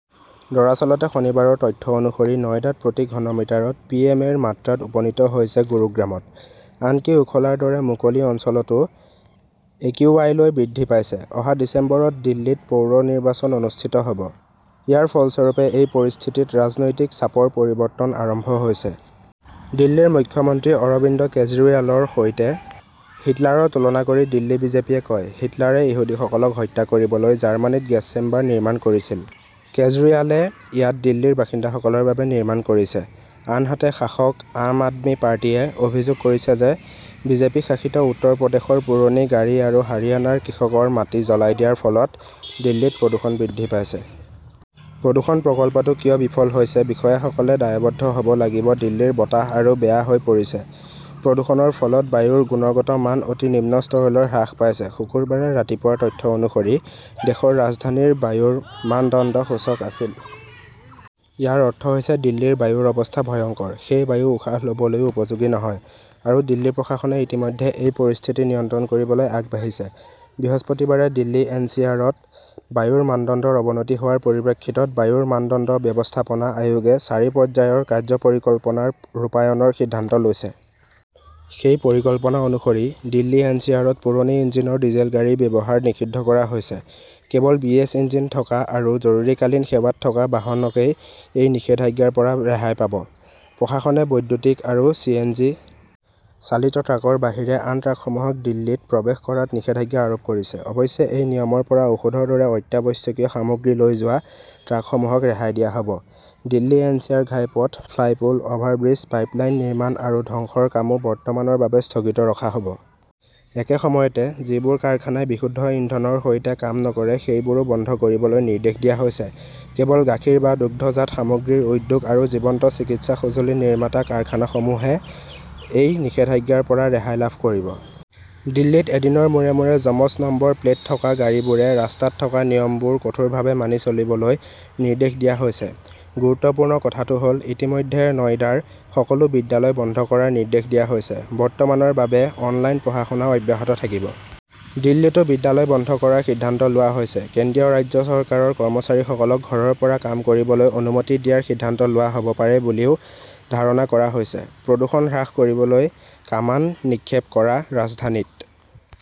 দৰাচলতে শনিবাৰৰ তথ্য অনুসৰি নয়ডাত প্ৰতি ঘনমিটাৰত পিএম -এৰ মাত্ৰা ত উপনীত হৈছে। গুৰুগ্ৰামত ত। আনকি ওখলাৰ দৰে 'মুকলি "অঞ্চলতও একিউআই লৈ বৃদ্ধি পাইছে! অহা ডিচেম্বৰত দিল্লীত পৌৰ নিৰ্বাচন অনুষ্ঠিত হ 'ব। ইয়াৰ ফলস্বৰূপে এই পৰিস্থিতিত ৰাজনৈতিক চাপৰ পৰিৱৰ্তন আৰম্ভ হৈছে। দিল্লীৰ মুখ্যমন্ত্ৰী অৰবিন্দ কেজৰিৱালৰ সৈতে হিটলাৰৰ তুলনা কৰি দিল্লী বিজেপিয়ে কয়, "হিটলাৰে ইহুদীসকলক হত্যা কৰিবলৈ জাৰ্মানীত গেছ চেম্বাৰ নিৰ্মাণ কৰিছিল। কেজৰিৱালে ইয়াত দিল্লীৰ বাসিন্দাসকলৰ বাবে নিৰ্মাণ কৰিছে। " আনহাতে, শাসক আম আদমি পাৰ্টি য়ে অভিযোগ কৰিছে যে বিজেপি শাসিত উত্তৰ প্ৰদেশৰ পুৰণি গাড়ী আৰু হাৰিয়ানাৰ কৃষকৰ মাটি জ্বলাই দিয়াৰ ফলত দিল্লীত প্ৰদূষণ বৃদ্ধি পাইছে। প্ৰদূষণ প্ৰকল্পটো কিয় বিফল হৈছে, বিষয়াসকলে দায়বদ্ধ হ 'ব লাগিব দিল্লীৰ বতাহ আৰু বেয়া হৈ পৰিছে। প্ৰদূষণৰ ফলত বায়ুৰ গুণগত মান অতি নিম্ন স্তৰলৈ হ্ৰাস পাইছে। শুকুৰবাৰে ৰাতিপুৱাৰ তথ্য অনুসৰি, দেশৰ ৰাজধানীৰ বায়ুৰ মানদণ্ড সূচক আছিল। ইয়াৰ অৰ্থ হৈছে দিল্লীৰ বায়ুৰ অৱস্থা 'ভয়ংকৰ "। সেই বায়ু উশাহ ল "বলৈও উপযোগী নহয়। আৰু দিল্লী প্ৰশাসনে ইতিমধ্যে এই পৰিস্থিতি নিয়ন্ত্ৰণ কৰিবলৈ আগবাঢ়িছে। বৃহস্পতিবাৰে দিল্লী-এনচিআৰত বায়ুৰ মানদণ্ডৰ অৱনতি হোৱাৰ পৰিপ্ৰেক্ষিতত বায়ুৰ মানদণ্ড ব্যৱস্থাপনা আয়োগে চাৰি পৰ্যায়ৰ 'কাৰ্য্য পৰিকল্পনা "ৰ ৰূপায়ণৰ সিদ্ধান্ত লৈছে। সেই পৰিকল্পনা অনুসৰি, দিল্লী-এনচিআৰত পুৰণি ইঞ্জিনৰ ডিজেল গাড়ীৰ ব্যৱহাৰ নিষিদ্ধ কৰা হৈছে। কেৱল বি. এছ. ইঞ্জিন থকা আৰু জৰুৰীকালীন সেৱাত থকা বাহনকেই এই নিষেধাজ্ঞাৰ পৰা ৰেহাই পাব। প্ৰশাসনে বৈদ্যুতিক আৰু চি. এন. জি. চালিত ট্ৰাকৰ বাহিৰে আন ট্ৰাকসমূহক দিল্লীত প্ৰৱেশ কৰাত নিষেধাজ্ঞা আৰোপ কৰিছে। অৱশ্যে এই নিয়মৰ পৰা ঔষধৰ দৰে অত্যাৱশ্যকীয় সামগ্ৰী লৈ যোৱা ট্ৰাকসমূহক ৰেহাই দিয়া হ "ব। দিল্লী-এনচিআৰ ঘাইপথ, ফ্লাইপূল, অভাৰব্ৰীজ, পাইপলাইন নিৰ্মাণ আৰু ধ্বংসৰ কামও বৰ্তমানৰ বাবে স্থগিত ৰখা হ 'ব। একে সময়তে, যিবোৰ কাৰখানাই বিশুদ্ধ ইন্ধনৰ সৈতে কাম নকৰে সেইবোৰো বন্ধ কৰিবলৈ নিৰ্দেশ দিয়া হৈছে। কেৱল গাখীৰ বা দুগ্ধজাত সামগ্ৰীৰ উদ্যোগ আৰু জীৱন্ত চিকিৎসা সঁজুলি নিৰ্মাতা কাৰখানাসমূহে এই নিষেধাজ্ঞাৰ পৰা ৰেহাই লাভ কৰিব। দিল্লীত এদিনৰ মূৰে মূৰে যমজ নম্বৰ প্লেট থকা গাড়ীবোৰে ৰাস্তাত থকা নিয়মবোৰ কঠোৰভাৱে মানি চলিবলৈ নিৰ্দেশ দিয়া হৈছে। গুৰুত্বপূৰ্ণ কথাটো হ "ল, ইতিমধ্যে নয়ডাৰ সকলো বিদ্যালয় বন্ধ কৰাৰ নিৰ্দেশ দিয়া হৈছে। বৰ্তমানৰ বাবে অনলাইনত পঢ়া-শুনা অব্যাহত থাকিব। দিল্লীতও বিদ্যালয় বন্ধ কৰাৰ সিদ্ধান্ত লোৱা হৈছে। কেন্দ্ৰীয়-ৰাজ্য চৰকাৰৰ কৰ্মচাৰীসকলক ঘৰৰ পৰা কাম কৰিবলৈ অনুমতি দিয়াৰ সিদ্ধান্ত লোৱা হ "ব পাৰে বুলিও ধাৰণা কৰা হৈছে। প্ৰদূষণ হ্ৰাস কৰিবলৈ কামান নিক্ষেপ কৰা! ৰাজধানীত